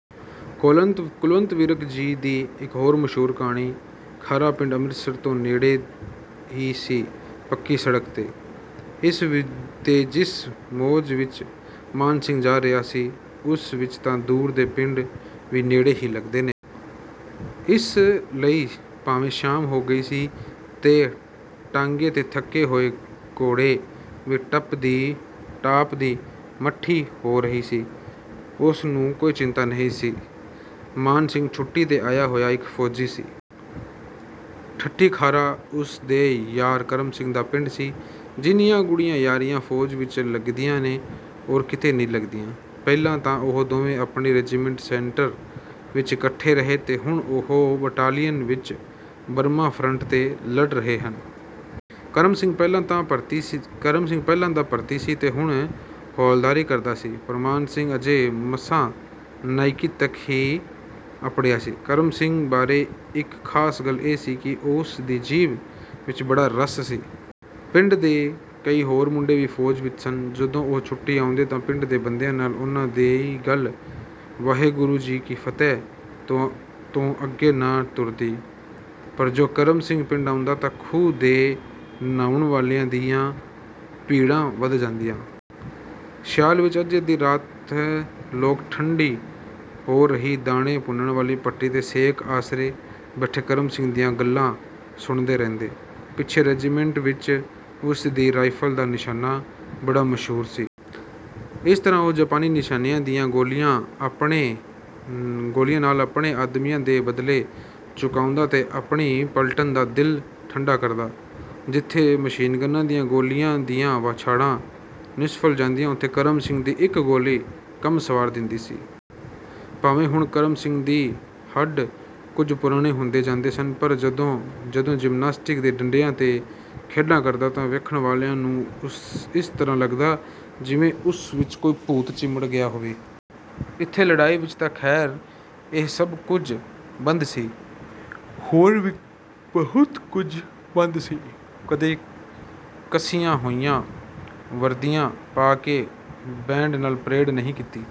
ਕੁਲਵੰਤ ਵਿਰਕ ਜੀ ਦੀ ਇੱਕ ਹੋਰ ਮਸ਼ਹੂਰ ਕਹਾਣੀ - ਖਾਰਾ ਪਿੰਡ ਅੰਮ੍ਰਿਤਸਰ ਤੋਂ ਨੇੜੇ ਹੀ ਸੀ, ਪੱਕੀ ਸੜਕ 'ਤੇ। ਤੇ ਜਿਸ ਮੌਜ ਵਿਚ ਮਾਨ ਸਿੰਘ ਜਾ ਰਿਹਾ ਸੀ, ਉਸ ਵਿਚ ਤਾਂ ਦੂਰ ਦੇ ਪਿੰਡ ਵੀ ਨੇੜੇ ਹੀ ਲੱਗਦੇ ਨੇ। ਇਸ ਲਈ ਭਾਵੇਂ ਸ਼ਾਮ ਹੋ ਰਹੀ ਸੀ ਤੇ ਟਾਂਗੇ ਦੇ ਥੱਕੇ ਹੋਏ ਘੋੜੇ ਦੀ ਟਾਪ ਵੀ ਮੱਠੀ ਹੋ ਰਹੀ ਸੀ, ਉਸ ਨੂੰ ਕੋਈ ਚਿੰਤਾ ਨਹੀਂ ਸੀ। ਮਾਨ ਸਿੰਘ ਛੁੱਟੀ 'ਤੇ ਆਇਆ ਹੋਇਆ ਇਕ ਫ਼ੌਜੀ ਸੀ। 'ਠੱਠੀ ਖਾਰਾ' ਉਸ ਦੇ ਯਾਰ ਕਰਮ ਸਿੰਘ ਦਾ ਪਿੰਡ ਸੀ। ਜਿੰਨੀਆਂ ਗੂੜ੍ਹੀਆਂ ਯਾਰੀਆਂ ਫ਼ੌਜ ਵਿਚ ਲੱਗਦੀਆਂ ਨੇ, ਹੋਰ ਕਿਤੇ ਨਹੀਂ ਲੱਗਦੀਆਂ। ਪਹਿਲਾਂ ਤਾਂ ਉਹ ਦੋਵੇਂ ਆਪਣੇ ਰੈਜੀਮੈਂਟਲ ਸੈਂਟਰ ਵਿਚ ਇਕੱਠੇ ਰਹੇ ਤੇ ਹੁਣ ਇਕ ਬਟਾਲੀਅਨ ਵਿਚ ਬਰਮਾ ਫਰੰਟ 'ਤੇ ਲੜ ਰਹੇ ਹਨ। ਕਰਮ ਸਿੰਘ ਪਹਿਲਾਂ ਦਾ ਭਰਤੀ ਸੀ ਤੇ ਹੁਣ ਹੌਲਦਾਰੀ ਕਰਦਾ ਸੀ ਪਰ ਮਾਨ ਸਿੰਘ ਅਜੇ ਮਸਾਂ ਨਾਇਕੀ ਤੱਕ ਹੀ ਅੱਪੜਿਆ ਸੀ। ਕਰਮ ਸਿੰਘ ਬਾਰੇ ਇਕ ਖ਼ਾਸ ਗੱਲ ਇਹ ਸੀ ਕਿ ਉਸ ਦੀ ਜੀਭ ਵਿਚ ਬੜਾ ਰਸ ਸੀ। ਪਿੰਡ ਦੇ ਕਈ ਹੋਰ ਮੁੰਡੇ ਵੀ ਫ਼ੌਜ ਵਿਚ ਸਨ। ਜਦੋਂ ਉਹ ਛੁੱਟੀ ਆਉਂਦੇ ਤਾਂ ਪਿੰਡ ਦੇ ਬੰਦਿਆਂ ਨਾਲ ਉਨ੍ਹਾਂ ਦੀ ਗੱਲ 'ਵਾਹਿਗੁਰੂ ਜੀ ਕੀ ਫ਼ਤਹਿ' ਤੋਂ ਅੱਗੇ ਨਾ ਟੁਰਦੀ, ਪਰ ਜਦੋਂ ਕਰਮ ਸਿੰਘ ਪਿੰਡ ਆਉਂਦਾ ਤਾਂ ਖੂਹ 'ਤੇ ਨ੍ਹਾਉਣ ਵਾਲਿਆਂ ਦੀਆਂ ਭੀੜਾਂ ਵੱਧ ਜਾਂਦੀਆਂ। ਸਿਆਲ ਦੀ ਅੱਧੀ-ਅੱਧੀ ਰਾਤ ਲੋਕ ਠੰਡੀ ਹੋ ਰਹੀ ਦਾਣੇ ਭੁੰਨਣ ਵਾਲੀ ਭੱਠੀ ਦੇ ਸੇਕ ਆਸਰੇ ਬੈਠੇ ਕਰਮ ਸਿੰਘ ਦੀਆਂ ਗੱਲਾਂ ਸੁਣਦੇ ਰਹਿੰਦੇ। ਪਿੱਛੇ ਰੈਜੀਮੈਂਟ ਵਿਚ ਉਸ ਦੀ ਰਾਈਫਲ ਦਾ ਨਿਸ਼ਾਨਾ ਬੜਾ ਮਸ਼ਹੂਰ ਸੀ। ਇਸ ਤਰ੍ਹਾਂ ਉਹ ਜਾਪਾਨੀ ਨਿਸ਼ਾਨਚੀਆਂ ਦੀਆਂ ਗੋਲੀਆਂ ਨਾਲ ਆਪਣੇ ਆਦਮੀਆਂ ਦੇ ਬਦਲੇ ਚੁਕਾਂਦਾ ਤੇ ਆਪਣੀ ਪਲਟਨ ਦਾ ਦਿਲ ਠੰਢਾ ਕਰਦਾ। ਜਿੱਥੇ ਮਸ਼ੀਨ ਗੰਨਾਂ ਦੀਆਂ ਗੋਲੀਆਂ ਦੀਆਂ ਵਾਛੜਾਂ ਨਿਸਫਲ ਜਾਂਦੀਆਂ, ਉੱਥੇ ਕਰਮ ਸਿੰਘ ਦੀ ਇਕ ਗੋਲੀ ਕੰਮ ਸਵਾਰ ਦਿੰਦੀ ਸੀ। ਭਾਵੇਂ ਹੁਣ ਕਰਮ ਸਿੰਘ ਦੇ ਹੱਡ ਕੁਝ ਪੁਰਾਣੇ ਹੁੰਦੇ ਜਾਂਦੇ ਸਨ, ਪਰ ਜਦੋਂ ਜਿਮਨਾਸਟਿਕ ਦੇ ਡੰਡਿਆਂ 'ਤੇ ਖੇਡਾਂ ਕਰਦਾ ਤਾਂ ਵੇਖਣ ਵਾਲਿਆਂ ਨੂੰ ਇਸ ਤਰ੍ਹਾਂ ਲੱਗਦਾ, ਜਿਵੇਂ ਉਸ ਨੂੰ ਕੋਈ ਭੂਤ ਚੰਬੜ ਗਿਆ ਹੋਵੇ। ਇੱਥੇ ਲੜਾਈ ਵਿਚ ਤਾਂ ਖ਼ੈਰ ਇਹ ਸਭ ਕੁਝ ਬੰਦ ਸੀ। ਹੋਰ ਵੀ ਬਹੁਤ ਕੁਝ ਬੰਦ ਸੀ। ਕਦੀ ਕੱਸੀਆਂ ਹੋਈਆਂ ਵਰਦੀਆਂ ਪਾ ਕੇ ਬੈਂਡ ਨਾਲ ਪਰੇਡ ਨਹੀਂ ਕੀਤੀ।